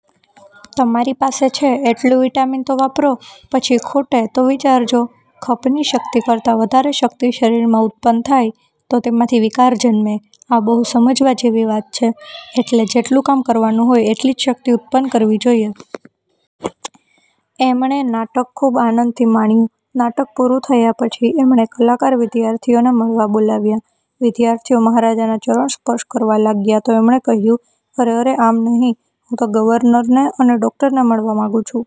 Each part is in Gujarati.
' 'તમારી પાસે છે એટલું વિટામિન તો વાપરો! – પછી ખૂટે તો વિચારજો. ' ખપની શક્તિ કરતાં વધારે શક્તિ શરીરમાં ઉત્પન્ન થાય તો તેમાંથી વિકાર જન્મે. આ બહુ સમજવા જેવી વાત છે. એટલે જેટલું કામ કરવાનું હોય એટલી જ શક્તિ ઉત્પન્ન કરવી જોઈએ. એમણે નાટક ખુબ આનંદથી માણ્યું. નાટક પૂરું થયા પછી એમણે કલાકાર વિદ્યાર્થીઓને મળવા બોલાવ્યા. વિદ્યાર્થીઓ મહારાજાના ચરણ સ્પર્શ કરવા લાગ્યા તો એમણે કહ્યું, "અરે અરે આમ નહિ. હું તો ગવર્નરને અને ડોક્ટરને મળવા માગું છું.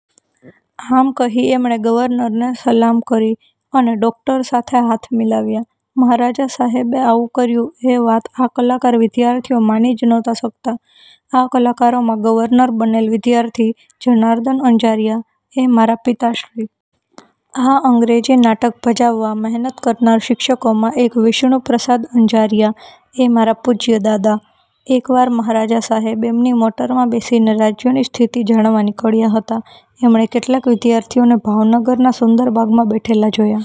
" આમ કહી એમણે ગવર્નરને સલામ કરી અને ડોક્ટર સાથે હાથ મિલાવ્યા. મહારાજા સાહેબે આવું કર્યું એ વાત આ કલાકાર વિદ્યાર્થીઓ માની જ નહોતા શકતા. આ કલાકારોમાં ગવર્નર બનેલ વિદ્યાર્થી જનાર્દન અંજારિયા એ મારા પિતાશ્રી! આ અંગ્રેજી નાટક ભજવવા મહેનત કરનાર શિક્ષકોમાં એક વિષ્ણુપ્રસાદ અંજારિયા એ મારા પૂજ્ય દાદા! એક વાર મહારાજા સાહેબ એમની મોટરમાં બેસીને રાજ્યની સ્થિતિ જાણવા નીકળ્યા હતા. એમણે કેટલાક વિદ્યાર્થીઓને ભાવનગરના સુંદરબાગમાં બેઠેલા જોયા.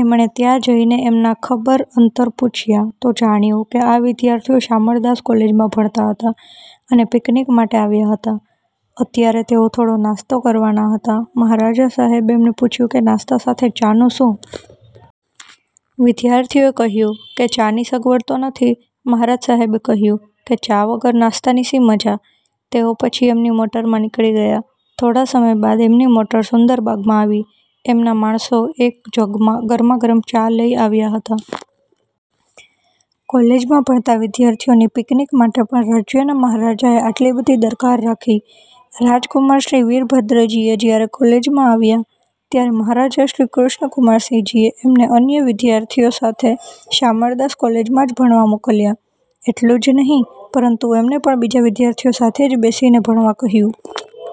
એમણે ત્યાં જઈને એમના ખબર અંતર પૂછ્યા તો જાણ્યું કે આ વિદ્યાર્થીઓ શામળદાસ કોલેજમાં ભણતા હતા અને પીકનીક માટે આવ્યા હતા. અત્યારે તેઓ થોડો નાસ્તો કરવાના હતા. મહારાજા સાહેબે એમને પૂછ્યું કે નાસ્તા સાથે ચાનું શું? વિદ્યાર્થીઓએ કહ્યું કે ચાની સગવડ તો નથી. મહારાજ સાહેબે કહ્યું કે, "ચા વગર નાસ્તાની શી મજા? " તેઓ પછી એમની મોટરમાં નીકળી ગયા. થોડા સમય બાદ એમની મોટર સુંદરબાગમાં આવી. એમના માણસો એક જગમાં ગરમા ગરમ ચા લઇ આવ્યા હતા! કોલેજમાં ભણતા વિદ્યાર્થીઓની પીકનીક માટે પણ રાજ્યના મહારાજાએ આટલી બધી દરકાર રાખી! રાજકુમાર શ્રી. વીરભદ્રસિંહજી જયારે કોલેજમાં આવ્યા ત્યારે મહારાજા શ્રી. કૃષ્ણકુમારસિંહજીએ એમને અન્ય વિદ્યાર્થીઓ સાથે શામળદાસ કોલેજમાં જ ભણવા મોકલ્યા. એટલું જ નહિ પરંતુ એમને પણ બીજા વિદ્યાર્થીઓ સાથે જ બેસીને ભણવા કહ્યું.